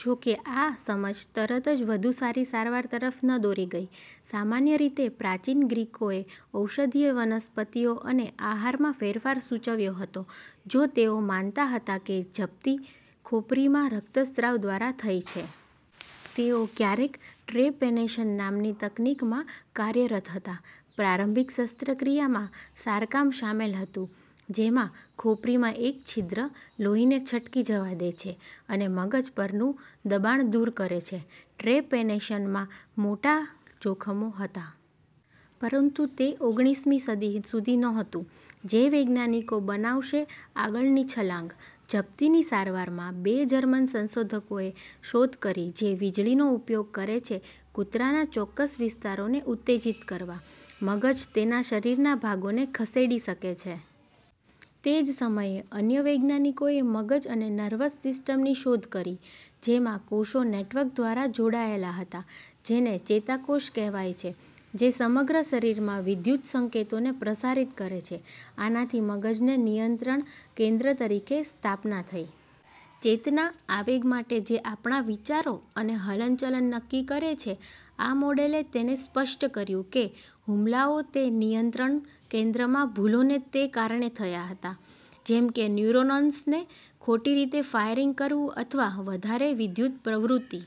જો કે, આ સમજ તરતજ વધુ સારી સારવાર તરફ ન દોરી ગઈ. સામાન્ય રીતે, પ્રાચીન ગ્રીકોએ ઔષધીય વનસ્પતિઓ અને આહારમાં ફેરફાર, સૂચવ્યો હતો. જો તેઓ માનતા હતા કે જપ્તી ખોપરીમાં રક્તસ્રાવ દ્વારા થઈ છે. તેઓ ક્યારેક ટ્રેપેનેશન નામની તકનીક માં કાર્યરત હતા. પ્રારંભિક શસ્ત્રક્રિયામાં, શારકામ શામેલ હતું, જેમાં ખોપરીમાં એક છિદ્ર લોહીને છટકી જવા દે છે અને મગજ પરનું દબાણ દૂર કરે છે. ટ્રેપેનેશનમાં... મોટા જોખમો હતા. પરંતુ તે ઓગણીસમી સદી સુધી નહોતું, જે વૈજ્ઞાનિકો બનાવશે આગળની છલાંગ. જપ્તીની સારવારમાં, બે જર્મન સંશોધકોએ શોધ કરી જે વીજળીનો ઉપયોગ કરે છે. કૂતરાના ચોક્કસ વિસ્તારોને ઉત્તેજીત કરવા મગજ તેના શરીરના ભાગોને ખસેડી શકે છે. તે જ સમયે, અન્ય વૈજ્ઞાનિકોએ મગજ અને નર્વસ સિસ્ટમની શોધ કરી જેમાં કોષો નેટવર્ક દ્વારા જોડાયેલા હતા, જેને ચેતાકોષ કહેવાય છે, જે સમગ્ર શરીરમાં વિદ્યુત સંકેતોને પ્રસારિત કરે છે. આનાથી મગજને નિયંત્રણ કેન્દ્ર તરીકે સ્થાપના થઈ. ચેતના આવેગ માટે જે આપણા વિચારો અને હલનચલન નક્કી કરે છે. આ મોડેલે તેને સ્પષ્ટ કર્યુંકે હુમલાઓ તે નિયંત્રણ કેન્દ્રમાં, ભૂલોને તે કારણે થયા હતા, જેમ કે ન્યુરોન્સને ખોટી રીતે ફાયરિંગ કરવું અથવા વધારે વિદ્યુત પ્રવૃત્તિ.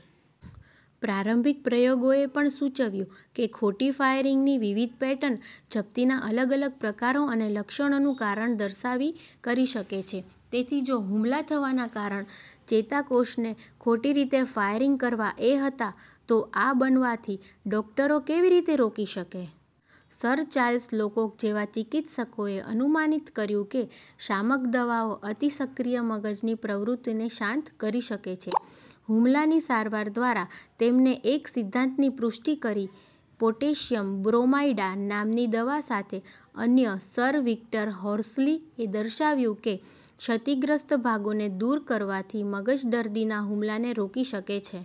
પ્રારંભિક પ્રયોગોએ પણ સૂચવ્યુ કે ખોટી ફાયરિંગની વિવિધ પેટર્ન જપ્તીના અલગ અલગ પ્રકારો અને લક્ષણોનું કારણ દર્શાવી કરી શકે છે, તેથી જો હુમલા થવાના કારણ ચેતાકોષને ખોટી રીતે ફાયરિંગ કરવા એ હતા, તો આ બનવાથી ડોકટરો કેવી રીતે રોકી શકે? સર ચાર્લ્સ લોકોક જેવા ચિકિત્સકોએ અનુમાનિત કર્યુંકે શામક દવાઓ અતિ સક્રિય મગજની પ્રવૃત્તિને શાંત કરી શકે છે, હુમલાની સારવાર દ્વારા તેમણે એક સિદ્ધાંત ની પુષ્ટિ કરી પોટેશિયમ બ્રોમાઇડ। નામની દવા સાથે. અન્ય, સર વિક્ટર હોર્સલી એ દર્શાવ્યું કે ક્ષતિગ્રસ્ત ભાગોને દૂર કરવાથી મગજ દર્દીના હુમલાને રોકી શકે છે.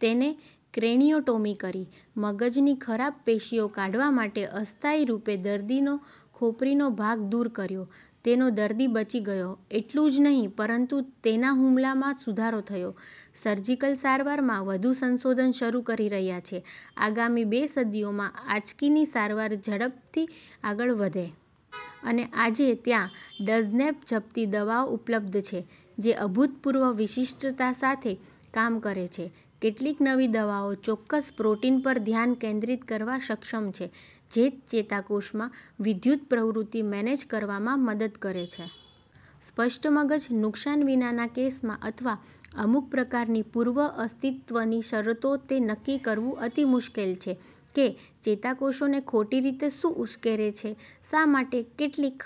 તેણે ક્રેનિયોટોમી કરી, મગજની ખરાબ પેશીઓ કાઢવા માટે, અસ્થાયી રૂપે દર્દીનો ખોપરી નો ભાગ દૂર કર્યો. તેનો દર્દી બચી ગયો, એટલું જ નહીં પરંતુ તેના હુમલામાં સુધારો થયો, સર્જિકલ સારવારમાં, વધુ સંશોધન શરૂ કરી રહ્યા છે આગામી બે સદીઓમાં, આંચકી ની સારવાર ઝડપથી આગળ વધે. અને આજે, ત્યાં ડઝનેક જપ્તી દવાઓ ઉપલબ્ધ છે જે અભૂતપૂર્વ વિશિષ્ટતા સાથે કામ કરે છે. કેટલીક નવી દવાઓ ચોક્કસ પ્રોટીન પર ધ્યાન કેન્દ્રિત કરવા સક્ષમ છે, જે ચેતાકોષમાં વિદ્યુત પ્રવૃત્તિ મેનેજ કરવામાં મદદ કરે છે. સ્પષ્ટ મગજ નુકસાન વિનાના કેસમાં અથવા અમુક પ્રકારની પૂર્વ-અસ્તિત્વની શરતો, તે નક્કી કરવું અતિ મુશ્કેલ છે કે ચેતાકોષોને ખોટી રીતે શું ઉશ્કેરે છે. શા માટે કેટલીક